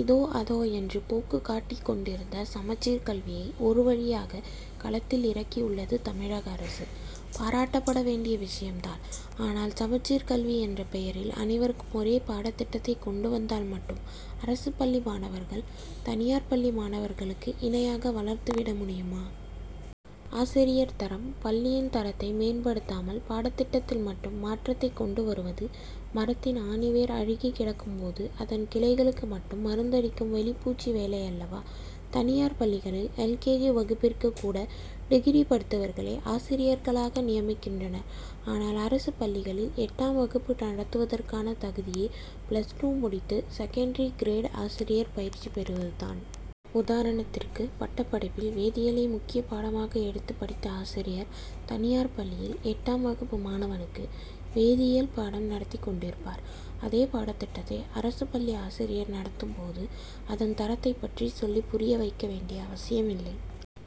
இதோ அதோ என்று போக்குக் காட்டிக் கொண்டிருந்த சமச்சீர் கல்வியை, ஒருவழியாக, களத்தில் இறக்கியுள்ளது தமிழக அரசு; பாராட்டப்பட வேண்டிய விஷயம் தான். ஆனால், சமச்சீர் கல்வி என்ற பெயரில் அனைவருக்கும் ஒரே பாடத்திட்டத்தை கொண்டு வந்தால் மட்டும் அரசு பள்ளி மாணவர்கள், தனியார் பள்ளி மாணவர்களுக்கு இணையாக வளர்ந்து விட முடியுமா? ஆசிரியர் தரம், பள்ளியின் தரத்தை மேம்படுத்தாமல், பாடத்திட்டத்தில் மட்டும் மாற்றத்தை கொண்டு வருவது, மரத்தின் ஆணிவேர் அழுகிக் கிடக்கும் போது, அதன் கிளைகளுக்கு மட்டும் மருந்தடிக்கும் வெளிப்பூச்சு வேலையல்லவா! தனியார் பள்ளிகளில், எல். கே. ஜி., வகுப்பிற்கு கூட, டிகிரி படித்தவர்களை ஆசிரியர்களாக நியமிக்கின்றனர். ஆனால், அரசு பள்ளிகளில்எட்டாம் வகுப்பு நடத்துவதற்கான தகுதியே, பிளஸ் டூ முடித்து, செகண்டரி கிரேடு ஆசிரியர் பயிற்சி பெறுவது தான்! உதாரணத்திற்கு, பட்டப் படிப்பில் வேதியியலை முக்கியப் பாடமாக எடுத்து படித்த ஆசிரியர், தனியார் பள்ளியில், எட்டாம் வகுப்பு மாணவனுக்கு, வேதியியல் பாடம் நடத்திக் கொண்டிருப்பார். அதே பாடத்திட்டத்தை, அரசு பள்ளி ஆசிரியர் நடத்தும் போது, அதன் தரத்தைப் பற்றி சொல்லிப் புரிய வைக்க வேண்டிய அவசியம் இல்லை.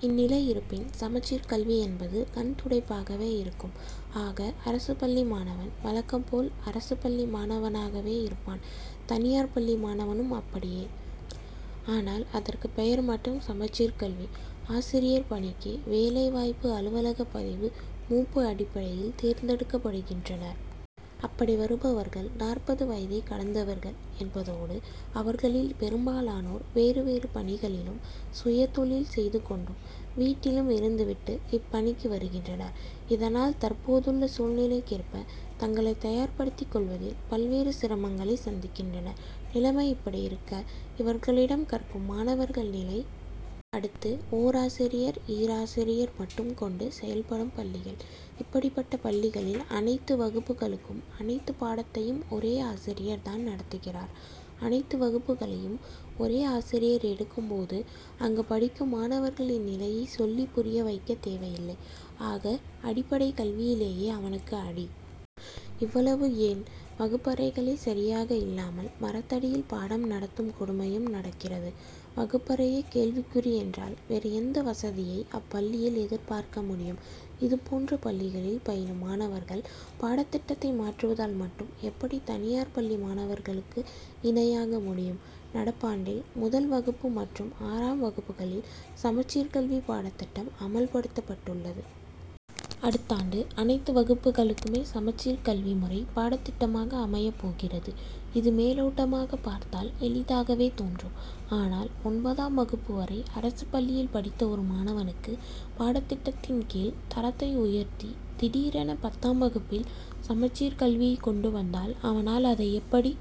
இந்நிலை இருப்பின், சமச்சீர் கல்வி என்பது கண்துடைப்பாகவே இருக்கும். ஆக, அரசு பள்ளி மாணவன் வழக்கம் போல, அரசு பள்ளி மாணவனாகவே இருப்பான்; தனியார் பள்ளி மாணவனும் அப்படியே! ஆனால், அதற்கு பெயர் மட்டும் சமச்சீர் கல்வி. ஆசிரியர் பணிக்கு, வேலை வாய்ப்பு அலுவலகப் பதிவு மூப்பு அடிப்படையில் தேர்ந்தெடுக்கப்படுகின்றனர். அப்படி வருபவர்கள், நாற்பது வயதை கடந்தவர்கள் என்பதோடு, அவர்களில் பெரும்பாலானோர், வேறு வேறு பணிகளிலும், சுயதொழில் செய்து கொண்டும், வீட்டிலும் இருந்துவிட்டு, இப்பணிக்கு வருகின்றனர். இதனால், தற்போதுள்ள சூழலுக்கேற்ப தங்களை தயார்படுத்திக் கொள்வதில், பல்வேறு சிரமங்களை சந்திக்கின்றனர். நிலைமை இப்படியிருக்க, இவர்களிடம் கற்கும் மாணவர்கள் நிலை? அடுத்து, ஓராசிரியர், ஈராசியர் மட்டும் கொண்டு செயல்படும் பள்ளிகள்! இப்படிப்பட்ட பள்ளிகளில், அனைத்து வகுப்புகளுக்கும், அனைத்து பாடத்தையும் ஒரே ஆசிரியர் தான் நடத்துகிறார். அனைத்து வகுப்புகளையும் ஒரே ஆசிரியர் எடுக்கும் போது, அங்கு படிக்கும் மாணவர்களின் நிலையை சொல்லிப் புரிய வைக்கத் தேவையில்லை. ஆக, அடிப்படைக் கல்வியிலேயே அவனுக்கு அடி! இவ்வளவு ஏன்வகுப்பறைகளே சரியாக இல்லாமல், மரத்தடியில் பாடம் நடத்தும் கொடுமையும் நடக்கிறது. வகுப்பறையே கேள்விக்குறி என்றால், வேறு எந்த வசதியை அப்பள்ளியில் எதிர்பார்க்க முடியும். இதுபோன்ற பள்ளிகளில் பயிலும் மாணவர்கள், பாடத்திட்டத்தை மாற்றுவதால் மட்டும், எப்படி தனியார் பள்ளி மாணவர்களுக்கு, இணையாக முடியும்? நடப்பாண்டில், முதல் வகுப்பு மற்றும் ஆறாம் வகுப்புகளில், சமச்சீர் கல்வி பாடத்திட்டம் அமல் படுத்தப்பட்டுள்ளது. அடுத்தாண்டு, அனைத்து வகுப்புகளுக்குமே சமச்சீர் கல்வி முறை பாடத்திட்டமாக அமையப் போகிறது. இது, மேலோட்டமாக பார்த்தால் எளிதாகவே தோன்றும். ஆனால், ஒன்பதாம் வகுப்பு வரை, அரசு பள்ளியில் படித்த ஒரு மாணவனுக்கு, பாடத்திட்டத்தின் தரத்தை உயர்த்தி, திடீரென, பத்தாம் வகுப்பில், சமச்சீர் கல்வியை கொண்டு வந்தால், அவனால், அதை எப்படி